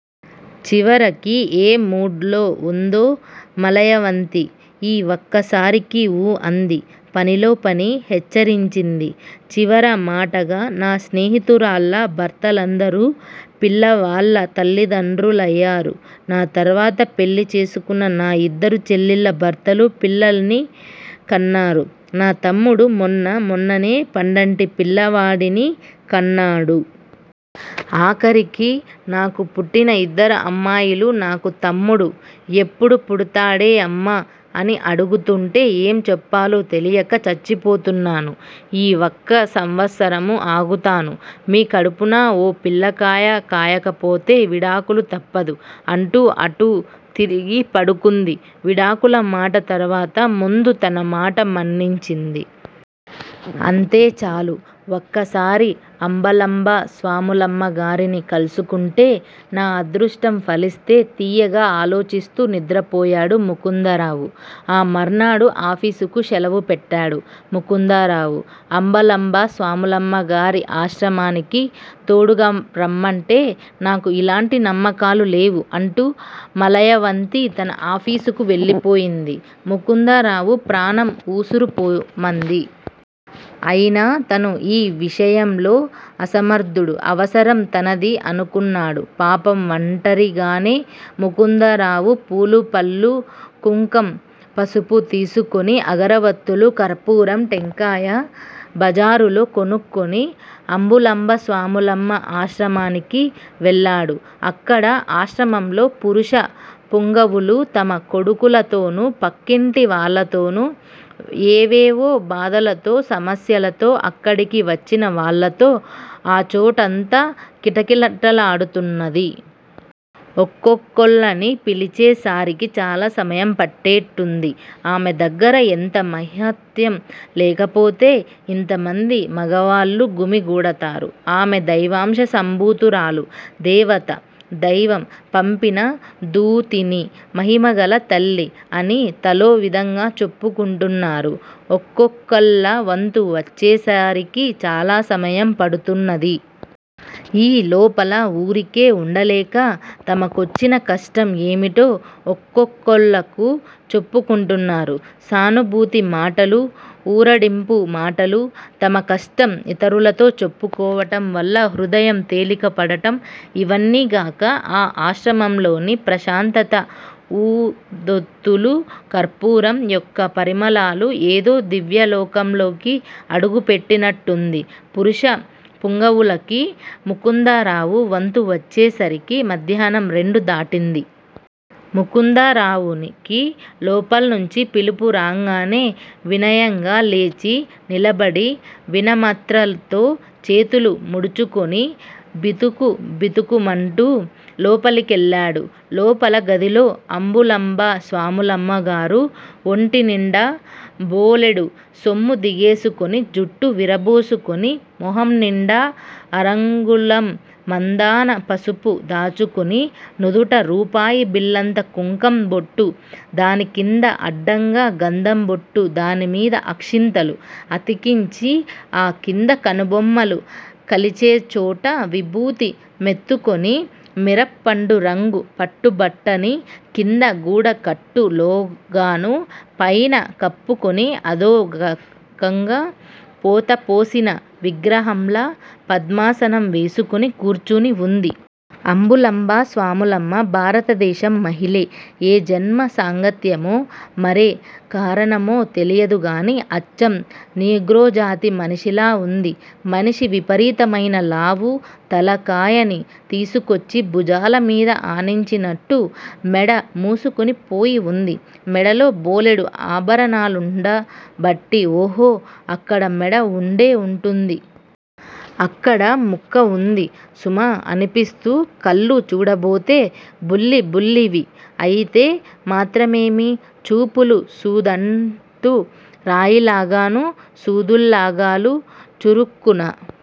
చివరికి ఏ మూడ్ లో వుందో మలయవంతి ఈ వక్కసారికి ఊ అంది పనిలో పని హెచ్చరించింది. చివర మాటగ నా స్నేహితురాళ్ళ భర్తలందరూ పిల్లవాళ్ళ తల్లి తండ్రులయారు, నా తర్వాత పెళ్ళి చేసుకున్న నా ఇద్దరు చెల్లెళ్ళ భర్తలు పిల్లలని కన్నారు. నా తమ్ముడు మొన్న మొన్ననే పండంటి పిల్లవాడిని కన్నాడు. ఆఖరికి నాకు పుట్టిన ఇద్దరు అమ్మాయిలు నాకు తమ్ముడు ఎప్పుడు పుడతాడేఅమ్మా అని అడుగుతుంటే ఏం చెప్పాలో తెలియక చచ్చిపోతున్నాను. ఈ వక్క సంవత్సరము ఆగుతాను. మీ కడుపునా ఓ పిల్లకాయ కాయకపోతే విడాకులు తప్పదు అంటూ అటు తిరిగి పడుకుంది. విడాకుల మాట తర్వాత ముందు తన మాట మన్నించింది. అంతే చాలు. వక్కసారి అంబలంబ స్వాములమ్మగారిని కల్సుకుంటే నా అదృష్టం ఫలిస్తే తీయగ ఆలోచిస్తూ నిద్రపోయాడు ముకుందరావు. ఆ మర్నాడు ఆఫీసుకి శెలవు పెట్టాడు ముకుందరావు. అంబలంబ స్వాములమ్మగారి ఆశ్రమానికి తోడుగరమ్మంటే నాకు ఇలాంటి నమ్మకాలు లేవు అంటూ మలయవంతి తన ఆఫీసుకి వెళ్ళిపోయింది. ముకుందరావు ప్రాణం వుసూరుమంది. అయినా తను యీ విషయంలో అసమర్ధుడు. అవసరం తనది అనుకున్నాడు. పాపం వంటరిగానే ముకుందరావు పూలు పళ్ళు కుంకం పసుపు తీసుకుని అగరవత్తులు కర్పూరం టెంకాయ జబారులో కొనుక్కుని అంబులంబ స్వాములమ్మ ఆశ్రమానికి వెళ్ళాడు. అక్కడ. ఆశ్రమంలో పురుష పుంగవులు తమ కొడుకులతోను పక్కింటి వాళ్ళతోనూ ఏవేవో బాధలతో సమస్యలతో అక్కడికి వచ్చిన వాళ్ళతో ఆచోటఅంత కిటకిలలాడుతున్నది. ఒక్కొక్కళ్ళని పిలిచే సారికి చాలా సమయం పట్టేట్టుంది. ఆమె దగ్గర ఎంత మహాత్యం లేకపోతే ఇంతమంది మగవాళ్ళు గుమి గూడతారు. ఆమె దైవాంశ సంభూతురాలు దేవత దైవం పంపిన దూతిణి మహిమగల తల్లి. అని తలో విధంగ చెప్పుకుంటున్నారు. ఒక్కొక్కళ్ళ వంతు వచ్చేసారికి చాలా సమయం పడుతున్నది. యీ లోపల ఊరికే ఉండలేక తమకొచ్చిన కష్టం ఏమిటో ఒక్కొక్కలకు చెప్పుకొంటున్నారు. సానుభూతి మాటలు, ఊరడింపుమాటలు, తమకష్టం ఇతరులతో చెప్పుకోవటం వల్ల హృదయం తేలిక పడటం ఇవన్నీగాక ఆ ఆశ్రమంలోని ప్రశాంతత ఊదొత్తులు, కర్పూరం యొక్క పరిమళాలు ఏదో దివ్యలోకంలోకి అడుగుపెట్టినట్టుంది. పురుష పుంగవులకి. ముకుందరావు వంతు వచ్చేసరికి మధ్యాహ్నం రెండు దాటింది. ముకుందరావుకి లోపల్నించి పిలుపు రాంగానే వినయంగ లేచి నిలబడి వినమ్రతతో చేతులు ముడుచుకుని బితుకు బితుకుమంటు లోపలికెళ్ళాడు. లోపల గదిలో అంబులంబ స్వాములమ్మగారు ఒంటి నిండా బోలెడు సొమ్ము దిగేసుకొని జుట్టు విరబోసుకుని మొహంనిండా అరంగుళం మందాన పసుపు రాచుకుని నుదుటన రూపాయి బిళ్ళంత కుంకం బొట్టు దానికింద అడ్డంగ గంధంబొట్టు దానిమీద అక్షింతలు అతికించి ఆ కింద కనుబొమ్మలు కలిసేచోట విభూతి మెత్తుకొని మిరప్పండు రంగు పట్టుబట్టని కింద గూడకట్టు లోగాను పైన కప్పుకుని అదోరకంగ పోతపోసిన విగ్రహంలా పద్మాసనం వేసుకుని కూర్చుని వుంది. అంబులంబ స్వాములమ్మ భారతదేశం మహిళే. ఏ జన్మ సాంగత్యమో మరే కారణమో తెలియదుగాని అచ్చం నీగ్రోజాతి మనిషిలా ఉంది మనిషి విపరీతమైన లావు తల కాయని తీసుకొచ్చి భుజాల మీద ఆనించినట్టు మెడ మూసుకొని పోయి వుంది. మెడలో బోలెడు ఆభరణాలుండ బట్టి ఓహో! అక్కడ మెడ ఉండే వుంటుంది. అక్కడ ముక్క వుంది సుమా అనిపిస్తూ. కళ్ళు చూడబోతే బుల్లి బుల్లివి. అయితే మాత్రమేమి? చూపులు సూదంటు రాయిలాగాను, సూదుల్లాగాలు చురుక్కున